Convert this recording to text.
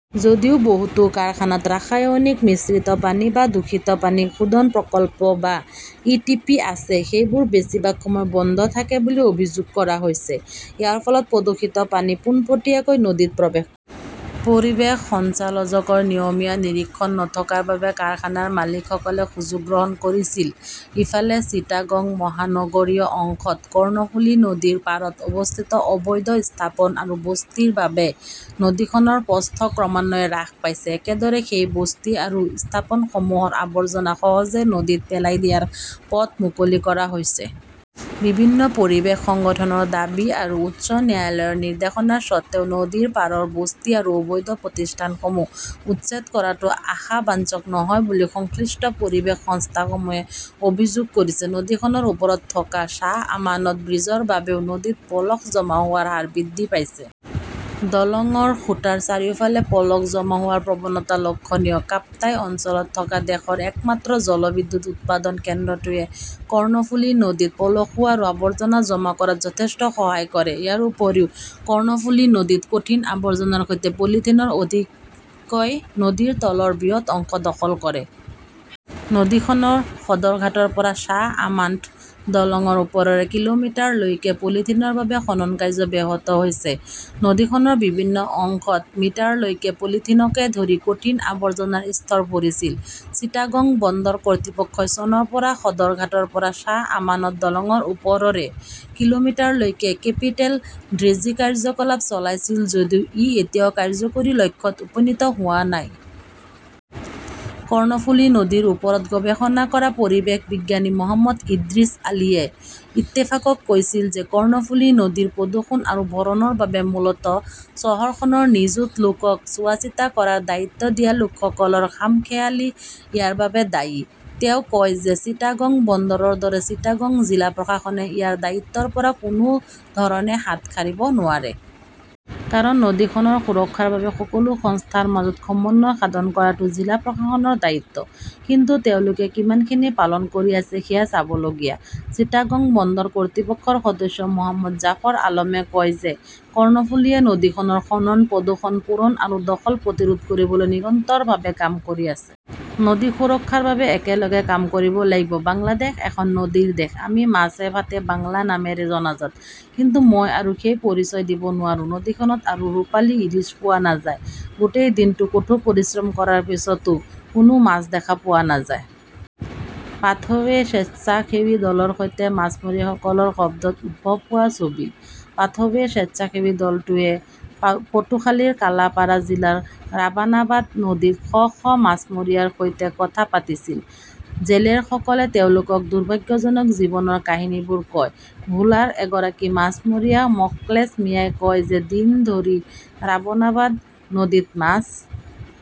যদিও বহুতো কাৰখানাত ৰাসায়নিক মিশ্ৰিত পানী বা দূষিত পানী শোধন প্ৰকল্প বা ই টি পি আছে, সেইবোৰ বেছিভাগ সময় বন্ধ থাকে বুলি অভিযোগ কৰা হৈছে। ইয়াৰ ফলত প্ৰদূষিত পানী পোনপটীয়াকৈ নদীত প্ৰৱেশ কৰে। পৰিৱেশ সঞ্চালযকৰ নিয়মীয়া নিৰীক্ষণ নথকাৰ বাবে কাৰখানাৰ মালিকসকলে সুযোগ গ্ৰহণ কৰিছিল। ইফালে, চিটাগং মহানগৰীয় অংশত কৰ্ণফুলি নদীৰ পাৰত অৱস্থিত অবৈধ স্থাপন আৰু বস্তিৰ বাবে নদীখনৰ প্ৰস্থ ক্ৰমান্বয়ে হ্ৰাস পাইছে। একেদৰে, সেই বস্তি আৰু স্থাপনসমূহৰ আৱৰ্জনা সহজে নদীত পেলাই দিয়াৰ পথ মুকলি কৰা হৈছে। বিভিন্ন পৰিৱেশ সংগঠনৰ দাবী আৰু উচ্চ ন্যায়ালয়ৰ নিৰ্দেশনাৰ স্বত্বেও নদীৰ পাৰৰ বস্তি আৰু অবৈধ প্ৰতিষ্ঠানসমূহ উচ্ছেদ কৰাটো আশা বাঞ্চক নহয় বুলি সংশ্লিষ্ট পৰিৱেশ সংস্থাসমূহে অভিযোগ কৰিছে। নদীখনৰ ওপৰত থকা শ্বাহ আমানত ব্ৰীজৰ বাবেও নদীত পলস জমা হোৱাৰ হাৰ বৃদ্ধি পাইছে। দলংৰ খুঁটাৰ চাৰিওফালে পলস জমা হোৱাৰ প্ৰৱণতা লক্ষণীয়। কাপ্তাই অঞ্চলত থকা দেশৰ একমাত্ৰ জলবিদ্যুৎ উৎপাদন কেন্দ্ৰটোৱে কৰ্ণফুলী নদীত পলসুৱা আৰু আৱৰ্জনা জমা কৰাত যথেষ্ট সহায় কৰে। ইয়াৰ উপৰিও, কৰ্ণফুলী নদীত কঠিন আৱৰ্জনাৰ সৈতে পলিথিনৰ আধিক্যই নদীৰ তলৰ বৃহৎ অংশ দখল কৰে। নদীখনৰ সদৰঘাটৰ পৰা শ্বাহ আমান্ট দলংৰ ওপৰেৰে কিলোমিটাৰলৈকে পলিথিনৰ বাবে খনন কাৰ্য ব্যাহত হৈছে। নদীখনৰ বিভিন্ন অংশত মিটাৰলৈকে পলিথিনকে ধৰি কঠিন আৱৰ্জনাৰ স্তৰ পৰিছিল। চিটাগং বন্দৰ কৰ্তৃপক্ষই চনৰ পৰা সদৰঘাটৰ পৰা শ্বাহ আমানত দলংৰ ওপৰেৰে কিলোমিটাৰলৈকে কেপিটেল ড্ৰেজিকাৰ্যকলাপ চলাইছিল যদিও ই এতিয়াও কাৰ্যকৰী লক্ষ্যত উপনীত হোৱা নাই। কৰ্ণফুলি নদীৰ ওপৰত গৱেষণা কৰা পৰিৱেশ বিজ্ঞানী মো. ইদ্ৰিছ আলীয়ে ইত্তেফাকক কৈছিল যে কৰ্ণফুলি নদীৰ প্ৰদূষণ আৰু ভৰণৰ বাবে মূলতঃ চহৰখনৰ নিযুত লোকক চোৱাচিতা কৰাৰ দায়িত্ব দিয়া লোকসকলৰ খামখেয়ালী ইয়াৰ বাবে দায়ী। তেওঁ কয় যে চিটাগং বন্দৰৰ দৰে চিটাগং জিলা প্ৰশাসনে ইয়াৰ দায়িত্বৰ পৰা কোনো ধৰণে হাত সাৰিব নোৱাৰে। কাৰণ নদীখনৰ সুৰক্ষাৰ বাবে সকলো সংস্থাৰ মাজত সমন্বয় সাধন কৰাটো জিলা প্ৰশাসনৰ দায়িত্ব। কিন্তু তেওঁলোকে কিমানখিনি পালন কৰি আছে সেয়া চাবলগীয়া। চিটাগং বন্দৰ কৰ্তৃপক্ষৰ সদস্য মো. জাফৰ আলমে কয় যে কৰ্ণফুলীয়ে নদীখনৰ খনন, প্ৰদূষণ, পূৰণ আৰু দখল প্ৰতিৰোধ কৰিবলৈ নিৰন্তৰভাৱে কাম কৰি আছে। নদী সুৰক্ষাৰ বাবে একেলগে কাম কৰিব লাগিব । বাংলাদেশ এখন নদীৰ দেশ। আমি মাছ ভাতে বাংলা নামেৰে জনাজাত। কিন্তু মই আৰু সেই পৰিচয় দিব নোৱাৰো। নদীখনত আৰু ৰূপালী ইলিচ পোৱা নাযায়। গোটেই দিনটো কঠোৰ পৰিশ্ৰম কৰাৰ পিছতো কোনো মাছ দেখা পোৱা নাযায়। পাথৱে স্বেচ্ছাসেৱী দলৰ সৈতে মাছমৰীয়াসকলৰ শব্দত উদ্ভৱ হোৱা ছবি। পাথৱে স্বেচ্ছাসেৱী দলটোৱে পটুখালিৰ কালাপাৰা জিলাৰ ৰাবনাবাদ নদীত শ শ মাছমৰীয়াৰ সৈতে কথা পাতিছিল। জেলেৰসকলে তেওঁলোকক দুৰ্ভাগ্যজনক জীৱনৰ কাহিনীবোৰ কয়। ভোলাৰ এগৰাকী মাছমৰীয়া মকলেস মিয়াই কয় যে দিন ধৰি ৰাবনাবাদ নদীত মাছ